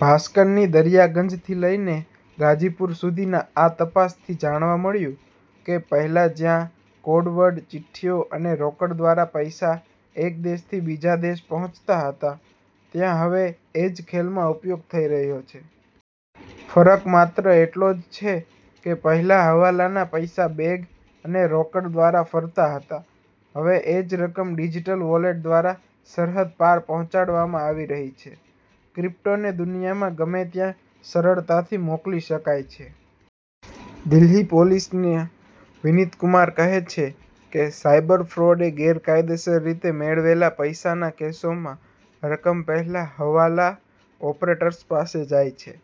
ભાસ્કરની દરિયાગંજથી લઈને ગાજીપુર સુધીની આ તપાસથી જાણવા મળ્યું કે, પહેલાં જ્યાં કોડ વર્ડ, ચિઠ્ઠીઓ અને રોકડ દ્વારા પૈસા એક દેશથી બીજા દેશ પહોંચતા હતા, ત્યાં હવે એ જ ખેલમાં ઉપયોગ થઈ રહ્યો છે. ફરક માત્ર એટલો જ છે કે પહેલાં હવાલાના પૈસા બેગ અને રોકડ દ્વારા ફરતા હતા, હવે એ જ રકમ ડિજિટલ વોલેટ દ્વારા સરહદ પાર પહોંચાડવામાં આવી રહી છે. ક્રિપ્ટોને દુનિયામાં ગમે ત્યાં સરળતાથી મોકલી શકાય છે. દિલ્હી પોલીસના વિનીત કુમાર કહે છે કે, "સાયબર ફ્રોડ કે ગેરકાયદેસર રીતે મેળવેલા પૈસાના કેસોમાં રકમ પહેલાં હવાલા ઓપરેટર્સ પાસે જાય છે.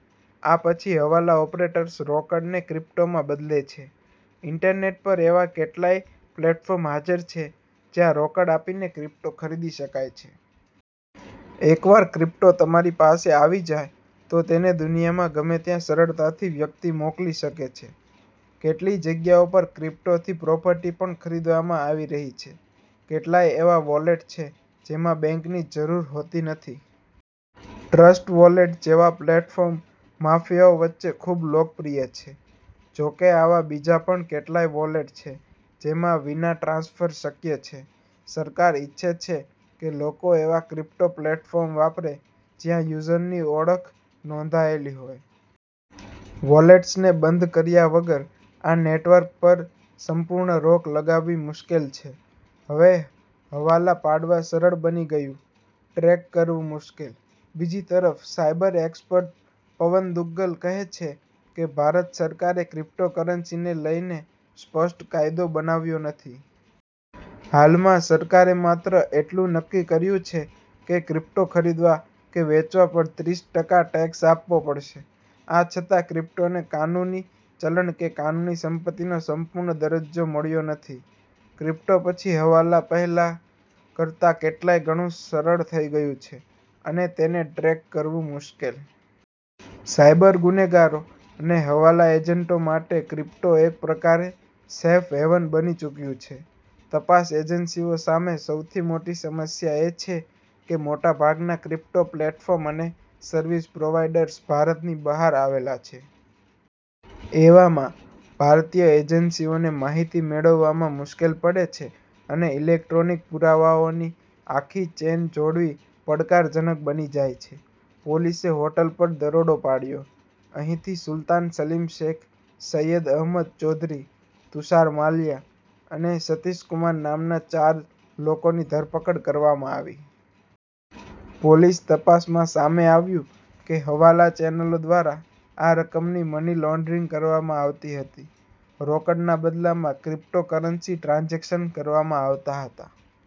આ પછી હવાલા ઓપરેટર્સ રોકડને ક્રિપ્ટોમાં બદલે છે." ઇન્ટરનેટ પર એવા કેટલાય પ્લેટફોર્મ હાજર છે, જ્યાં રોકડ આપીને ક્રિપ્ટો ખરીદી શકાય છે. એકવાર ક્રિપ્ટો તમારી પાસે આવી જાય તો તેને દુનિયામાં ગમે ત્યાં સરળતાથી વ્યક્તિ મોકલી શકે છે. કેટલીય જગ્યાઓ પર ક્રિપ્ટોથી પ્રોપર્ટી પણ ખરીદવામાં આવી રહી છે. કેટલાય એવા વોલેટ છે, જેમાં બેંક ની જરૂર હોતી નથી. ટ્રસ્ટ વોલેટ જેવા પ્લેટફોર્મ માફિયાઓ વચ્ચે ખૂબ લોકપ્રિય છે. જોકે આવા બીજા પણ કેટલાય વોલેટ છે, જેમાં વિના ટ્રાન્સફર શક્ય છે. સરકાર ઈચ્છે છે કે, લોકો એવા ક્રિપ્ટો પ્લેટફોર્મ વાપરે જ્યાં યુઝરની ઓળખ નોંધાયેલી હોય. વોલેટ્સને બંધ કર્યા વગર આ નેટવર્ક પર સંપૂર્ણ રોક લગાવવી મુશ્કેલ છે. હવે હવાલા પાડવા સરળ બની ગયું, ટ્રેક કરવું મુશ્કેલ. બીજી તરફ, સાયબર એક્સપર્ટ પવન દુગ્ગલ કહે છે કે, "ભારત સરકારે ક્રિપ્ટોકરન્સીને લઈને સ્પષ્ટ કાયદો બનાવ્યો નથી. હાલમાં સરકારે માત્ર એટલું નક્કી કર્યું છે કે ક્રિપ્ટો ખરીદવા કે વેચવા પર ત્રીસ ટકા ટેક્સ આપવો પડશે. આ છતાં ક્રિપ્ટોને કાનૂની ચલણ કે કાનૂની સંપત્તિનો સંપૂર્ણ દરજ્જો મળ્યો નથી." ક્રિપ્ટો પછી હવાલા પહેલા કરતાં કેટલાય ગણું સરળ થઈ ગયું છે, અને તેને ટ્રેક કરવું મુશ્કેલ. સાયબર ગુનેગારો અને હવાલા એજન્ટો માટે ક્રિપ્ટો એક પ્રકારે 'સેફ હેવન' બની ચૂક્યું છે. તપાસ એજન્સીઓ સામે સૌથી મોટી સમસ્યા એ છે કે મોટાભાગના ક્રિપ્ટો પ્લેટફોર્મ અને સર્વિસ પ્રોવાઈડર્સ ભારતની બહાર આવેલા છે. એવામાં ભારતીય એજન્સીઓને માહિતી મેળવવામાં મુશ્કેલી પડે છે અને ઇલેક્ટ્રોનિક પુરાવાઓની આખી ચેન જોડવી પડકારજનક બની જાય છે. પોલીસે હોટલ પર દરોડો પાડ્યો. અહીંથી સુલ્તાન સલીમ શેખ, સૈયદ અહમદ ચૌધરી, તુષાર માલિયા અને સતીશ કુમાર નામના ચાર લોકોની ધરપકડ કરવામાં આવી. પોલીસ તપાસમાં સામે આવ્યું કે હવાલા ચેનલો દ્વારા આ રકમની મની લોન્ડરિંગ કરવામાં આવતી હતી. રોકડના બદલામાં ક્રિપ્ટોકરન્સી ટ્રાન્ઝેક્શન કરવામાં આવતા હતા.